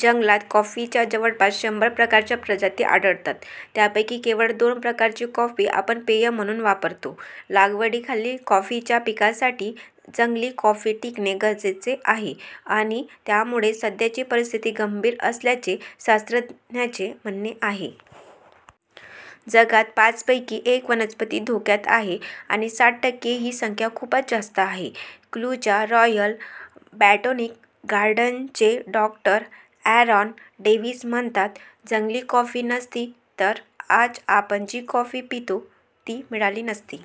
जंगलात कॉफीच्या जवळपास शंभर प्रकारच्या प्रजाती आढळतात. त्यापैकी केवळ दोन प्रकारची कॉफी आपण पेय म्हणून वापरतो. लागवडीखालील कॉफीच्या पिकासाठी जंगली कॉफी टिकणे गरजेचे आहे आणि त्यामुळेच सध्याची परिस्थिती गंभीर असल्याचे शास्त्रज्ञांचे म्हणणे आहे. जगात पाचपैकी एक वनस्पती धोक्यात आहे आणि साठ टक्के ही संख्या खूपच जास्त आहे क्यूच्या रॉयल बॉटोनिक गार्डनचे डॉ. ॲरॉन डेव्हिस म्हणतात, जंगली कॉफी नसती तर आज आपण जी कॉफी पितो ती मिळाली नसती.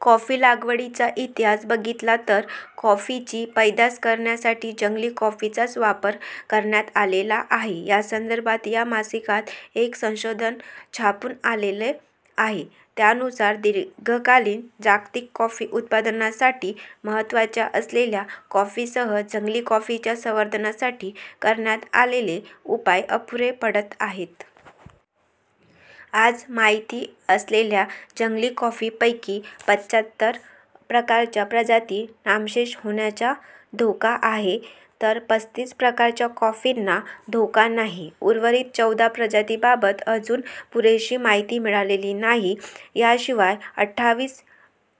कॉफी लागवडीचा इतिहास बघितला तर कॉफीची पैदास करण्यासाठी जंगली कॉफीचाच वापर करण्यात आलेला आहे. यासंदर्भात या मासिकात एक संशोधन छापून आलेले आहे. त्यानुसार दीर्घकालीन जागतिक कॉफी उत्पादनासाठी महत्त्वाच्या असलेल्या कॉफीसह जंगली कॉफीच्या संवर्धनासाठी करण्यात आलेले उपाय अपुरे पडत आहेत. आज माहिती असलेल्या जंगली कॉफीपैकी पंच्याहत्तर प्रकारच्या प्रजाती नामशेष होण्याचा धोका आहे तर पस्तीस प्रकारच्या कॉफींना धोका नाही उर्वरित चौदा प्रजातींबाबत अजून पुरेशी माहिती मिळालेली नाही याशिवाय, अठ्ठावीस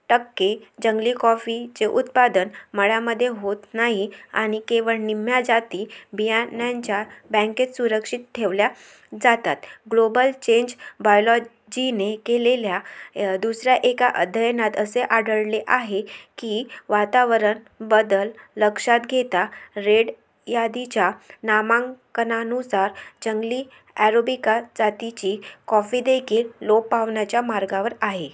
टक्के जंगली कॉफीचे उत्पादन मळ्यांमध्ये होत नाही आणि केवळ निम्म्या जाती बियाण्यांच्या बँकेत संरक्षित ठेवल्या जातात ग्लोबल चेंज बायोलॉजीने केलेल्या दुसऱ्या एका अध्ययनात असे आढळले आहे की वातावरण बदल लक्षात घेता रेड यादीच्या नामांकनानुसार जंगली अरॅबिका जातीची कॉफीदेखील लोप पावण्याच्या मार्गावर आहे.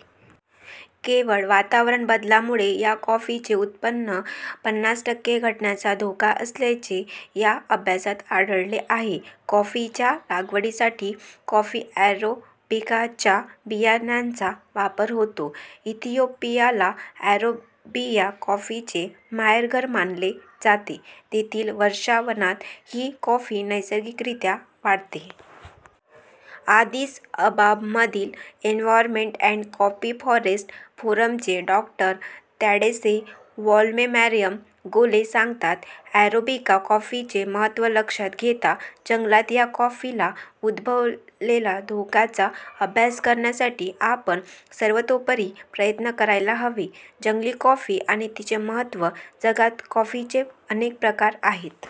केवळ वातावरण बदलामुळे या कॉफीचे उत्पन्न पन्नास टक्के घटण्याचा धोका असल्याचे या अभ्यासात आढळले आहे कॉफीच्या लागवडीसाठी कॉफी अरॅबिकाच्या बियाण्यांचा वापर होतो. इथियोपियाला अरॅबिया कॉफीचे माहेरघर मानले जाते. तेथील वर्षावनात ही कॉफी नैसर्गिकरित्या वाढते. आदिस अबाबमधील इन्वॉरमेंट अँड कॉफी फॉरेस्ट फोरमचे डॉ. तॅडेसे वोल्डेमारियम गोले सांगतात, अरॅबिका कॉफीचे महत्त्व लक्षात घेता जंगलात या कॉफीला उद्भवलेला धोक्याचा अभ्यास करण्यासाठी आपण सर्वतोपरी प्रयत्न करायला हवे. जंगली कॉफी आणि तिचे महत्त्व जगात कॉफीचे अनेक प्रकार आहेत.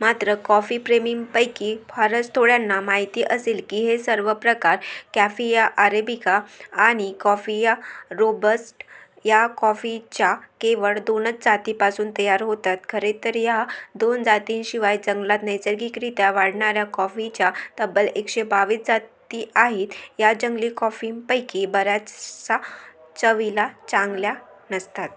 मात्र कॉफी प्रेमींपैकी फारच थोड्यांना माहिती असेल की हे सर्व प्रकार कॉफिया अरॅबिका आणि कॉफिया रोबस्ट या कॉफीच्या केवळ दोनच जातींपासून तयार होतात. खरेतर या दोन जातींशिवाय जंगलात नैसर्गिकरित्या वाढणाऱ्या कॉफीच्या तब्बल एकशे बावीस जाती आहेत या जंगली कॉफींपैकी बऱ्याचशा चवीला चांगल्या नसतात.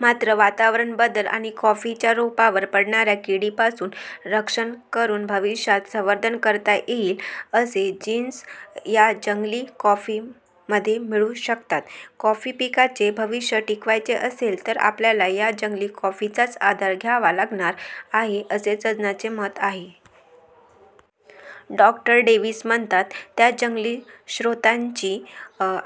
मात्र वातावरण बदल आणि कॉफीच्या रोपावर पडणाऱ्या किडीपासून रक्षण करून भविष्यात संवर्धन करता येईल असे जीन्स या जंगली कॉफींमध्ये मिळू शकतात. कॉफी पिकाचे भविष्य टिकवायचे असेल तर आपल्याला या जंगली कॉफीचाच आधार घ्यावा लागणार आहे, असे तज्ज्ञांचे मत आहे. डॉ. डेव्हिस म्हणतात, त्या जंगली स्रोतांची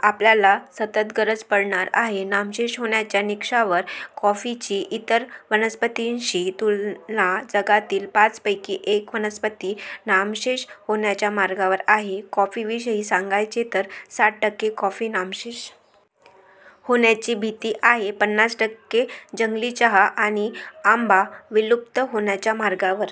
आपल्याला सतत गरज पडणार आहे. नामशेष होण्याच्या निकषावर कॉफीची इतर वनस्पतींशी तुलना जगातील पाचपैकी एक वनस्पती नामशेष होण्याच्या मार्गावर आहे. कॉफीविषयी सांगायचे तर साठ टक्के कॉफी नामशेष होण्याची भीती आहे पन्नास टक्के जंगली चहा आणि आंबा विलुप्त होण्याच्या मार्गावर